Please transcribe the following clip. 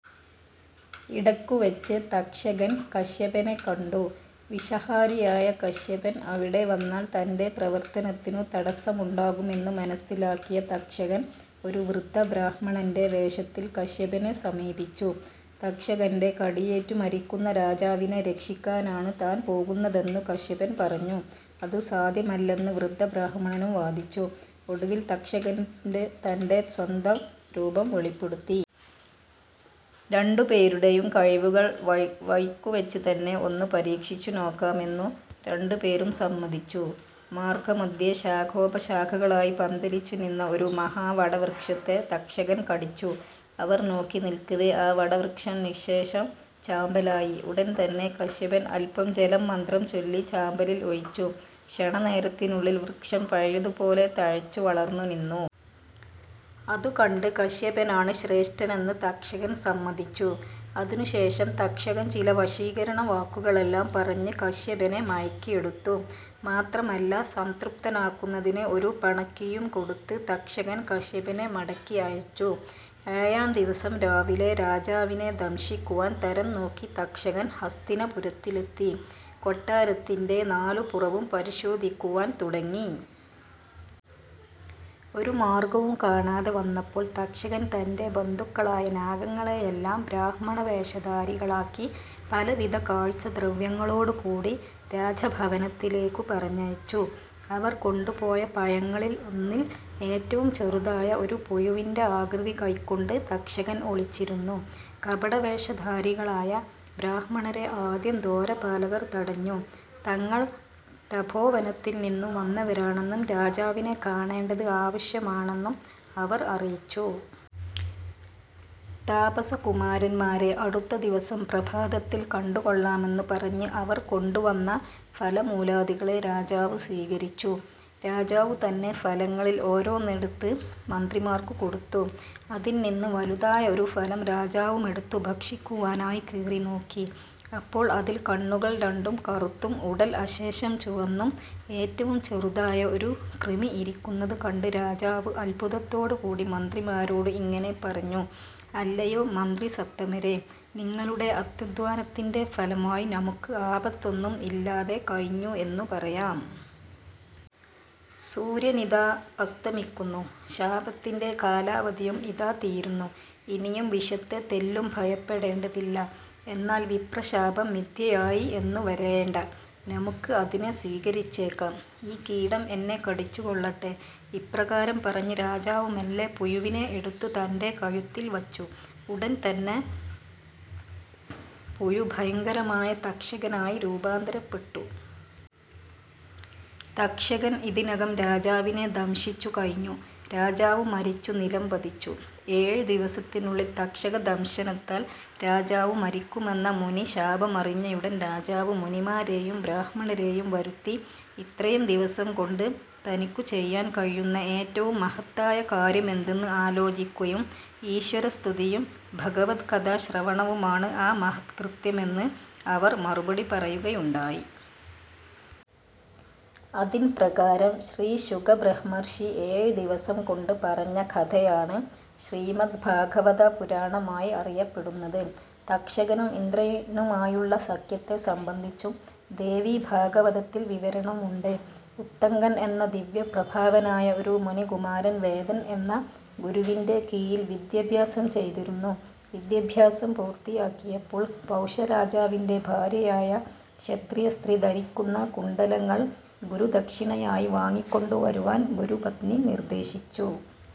ഇടയ്ക്കുവച്ച് തക്ഷകൻ കശ്യപനെ കണ്ടു. വിഷഹാരിയായ കശ്യപൻ അവിടെ വന്നാൽ തന്റെ പ്രവർത്തനത്തിനു തടസ്സമുണ്ടാകുമെന്നു മനസ്സിലാക്കിയ തക്ഷകൻ ഒരു വൃദ്ധബ്രാഹ്മണന്റെ വേഷത്തിൽ കശ്യപനെ സമീപിച്ചു. തക്ഷകന്റെ കടിയേറ്റു മരിക്കുന്ന രാജാവിനെ രക്ഷിക്കാനാണ് താൻ പോകുന്നതെന്നു കശ്യപൻ പറഞ്ഞു. അതു സാധ്യമല്ലെന്ന് വൃദ്ധബ്രാഹ്മണനും വാദിച്ചു. ഒടുവിൽ തക്ഷകൻ തന്റെ സ്വന്തരൂപം വെളിപ്പെടുത്തി. രണ്ടുപേരുടേയും കഴിവുകൾ വഴിക്കുവച്ചുതന്നെ ഒന്നു പരീക്ഷിച്ചു നോക്കാമെന്നു രണ്ടു പേരും സമ്മതിച്ചു. മാർഗ്ഗമധ്യേ ശാഖോപശാഖകളായി പന്തലിച്ചു നിന്ന ഒരു മഹാവടവൃക്ഷത്തെ തക്ഷകൻ കടിച്ചു. അവർ നോക്കി നില്ക്കവേ ആ വടവൃക്ഷം നിശ്ശേഷം ചാമ്പലായി. ഉടൻതന്നെ കശ്യപൻ അല്പം ജലം മന്ത്രം ചൊല്ലി ചാമ്പലിൽ ഒഴിച്ചു. ക്ഷണ നേരത്തിനുള്ളിൽ വൃക്ഷം പഴയതുപോലെ തഴച്ചുവളർന്നു നിന്നു. അതുകണ്ട് കശ്യപനാണ് ശ്രേഷ്ഠനെന്ന് തക്ഷകൻ സമ്മതിച്ചു. അതിനുശേഷം തക്ഷകൻ ചില വശീകരണവാക്കുകളെല്ലാം പറഞ്ഞ് കശ്യപനെ മയക്കിയെടുത്തു. മാത്രമല്ല, സംതൃപ്തനാക്കുന്നതിന് ഒരു പണക്കിഴിയും കൊടുത്ത് തക്ഷകൻ കശ്യപനെ മടക്കി അയച്ചു. ഏഴാം ദിവസം രാവിലെ രാജാവിനെ ദംശിക്കുവാൻ തരം നോക്കി തക്ഷകൻ ഹസ്തിനപുരത്തിലെത്തി. കൊട്ടാരത്തിന്റെ നാലു പുറവും പരിശോധിക്കുവാൻ തുടങ്ങി. ഒരു മാർഗവും കാണാതെ വന്നപ്പോൾ തക്ഷകൻ തന്റെ ബന്ധുക്കളായ നാഗങ്ങളെയെല്ലാം ബ്രാഹ്മണവേഷധാരികളാക്കി പലവിധ കാഴ്ചദ്രവ്യങ്ങളോടുകൂടി രാജഭവനത്തിലേക്കു പറഞ്ഞയച്ചു. അവർ കൊണ്ടുപോയ പഴങ്ങളിൽ ഒന്നിൽ ഏറ്റവും ചെറുതായ ഒരു പുഴുവിന്റെ ആകൃതി കൈ ക്കൊണ്ട് തക്ഷകൻ ഒളിച്ചിരുന്നു. കപടവേഷധാരികളായ ബ്രാഹ്മണരെ ആദ്യം ദ്വാരപാലകർ തടഞ്ഞു. തങ്ങൾ തപോവനത്തിൽ നിന്നു വന്നവരാണെന്നും രാജാവിനെ കാണേണ്ടത് ആവശ്യമാണെന്നും അവർ അറിയിച്ചു. താപസകുമാരന്മാരെ അടുത്ത ദിവസം പ്രഭാതത്തിൽ കണ്ടുകൊള്ളാമെന്നു പറഞ്ഞ് അവർ കൊണ്ടുവന്ന ഫലമൂലാദികളെ രാജാവ് സ്വീകരിച്ചു. രാജാവുതന്നെ ഫലങ്ങളിൽ ഓരോന്നെടുത്ത് മന്ത്രിമാർക്കു കൊടുത്തു. അതിൽനിന്ന് വലുതായ ഒരു ഫലം രാജാവുമെടുത്തു ഭക്ഷിക്കുവാനായി കീറിനോക്കി. അപ്പോൾ അതിൽ കണ്ണുകൾ രണ്ടും കറുത്തും ഉടൽ അശേഷം ചുവന്നും ഏറ്റവും ചെറുതായ ഒരു കൃമി ഇരിക്കുന്നതുകണ്ട് രാജാവ് അത്ഭുതത്തോടുകൂടി മന്ത്രിമാരോട് ഇങ്ങനെ പറഞ്ഞു: "അല്ലയോ മന്ത്രിസത്തമരേ, നിങ്ങളുടെ അത്യധ്വാനത്തിന്റെ ഫലമായി നമുക്ക് ആപത്തൊന്നും ഇല്ലാതെ കഴിഞ്ഞു എന്നു പറയാം. സൂര്യനിതാ അസ്തമിക്കുന്നു. ശാപത്തിന്റെ കാലാവധിയും ഇതാ തീരുന്നു. ഇനിയും വിഷത്തെ തെല്ലും ഭയപ്പെടേണ്ടതില്ല. എന്നാൽ വിപ്രശാപം മിഥ്യയായി എന്നു വരേണ്ട. നമുക്ക് അതിനെ സ്വീകരിച്ചേക്കാം. ഈ കീടം എന്നെ കടിച്ചുകൊള്ളട്ടെ. ഇപ്രകാരം പറഞ്ഞ് രാജാവ് മെല്ലെ പുഴുവിനെ എടുത്ത് തന്റെ കഴുത്തിൽ വച്ചു. ഉടൻതന്നെ പുഴു ഭയങ്കരമായ തക്ഷകനായി രൂപാന്തരപ്പെട്ടു. തക്ഷകൻ ഇതിനകം രാജാവിനെ ദംശിച്ചു കഴിഞ്ഞു. രാജാവ് മരിച്ചു നിലം പതിച്ചു. ഏഴു ദിവസത്തിനുള്ളിൽ തക്ഷക ദംശനത്താൽ രാജാവു മരിക്കുമെന്ന മുനി ശാപമറിഞ്ഞയുടൻ രാജാവ് മുനിമാരേയും ബ്രാഹ്മണരേയും വരുത്തി ഇത്രയും ദിവസംകൊണ്ട് തനിക്കു ചെയ്യാൻ കഴിയുന്ന ഏറ്റവും മഹത്തായ കാര്യമെന്തെന്ന് ആലോചിക്കുകയും ഈശ്വരസ്തുതിയും ഭഗവത്കഥാ ശ്രവണവുമാണ് ആ മഹത് കൃത്യമെന്ന് അവർ മറുപടി പറയുകയുമുണ്ടായി. അതിൻപ്രകാരം ശ്രീ ശുകബ്രഹ്മർഷി ഏഴു ദിവസം കൊണ്ട് പറഞ്ഞ കഥയാണ് ശ്രീമദ്ഭാഗവതപുരാണമായി അറിയപ്പെടുന്നത്. തക്ഷകനും ഇന്ദ്രനുമായുള്ള സഖ്യത്തെ സംബന്ധിച്ചും ദേവീ ഭാഗവതത്തിൽ വിവരണമുണ്ട്. ഉത്തങ്കൻ എന്ന ദിവ്യപ്രഭാവനായ ഒരു മുനികുമാരൻ വേദൻ എന്ന ഗുരുവിന്റെ കീഴിൽ വിദ്യാഭ്യാസം ചെയ്തിരുന്നു. വിദ്യാഭ്യാസം പൂർത്തിയാക്കിയപ്പോൾ പൗഷരാജാ വിന്റെ ഭാര്യയായ ക്ഷത്രിയസ്ത്രീ ധരിക്കുന്ന കുണ്ഡലങ്ങൾ ഗുരുദക്ഷിണയായി വാങ്ങിക്കൊണ്ടു വരുവാൻ ഗുരുപത്നി നിർദേ ശിച്ചു.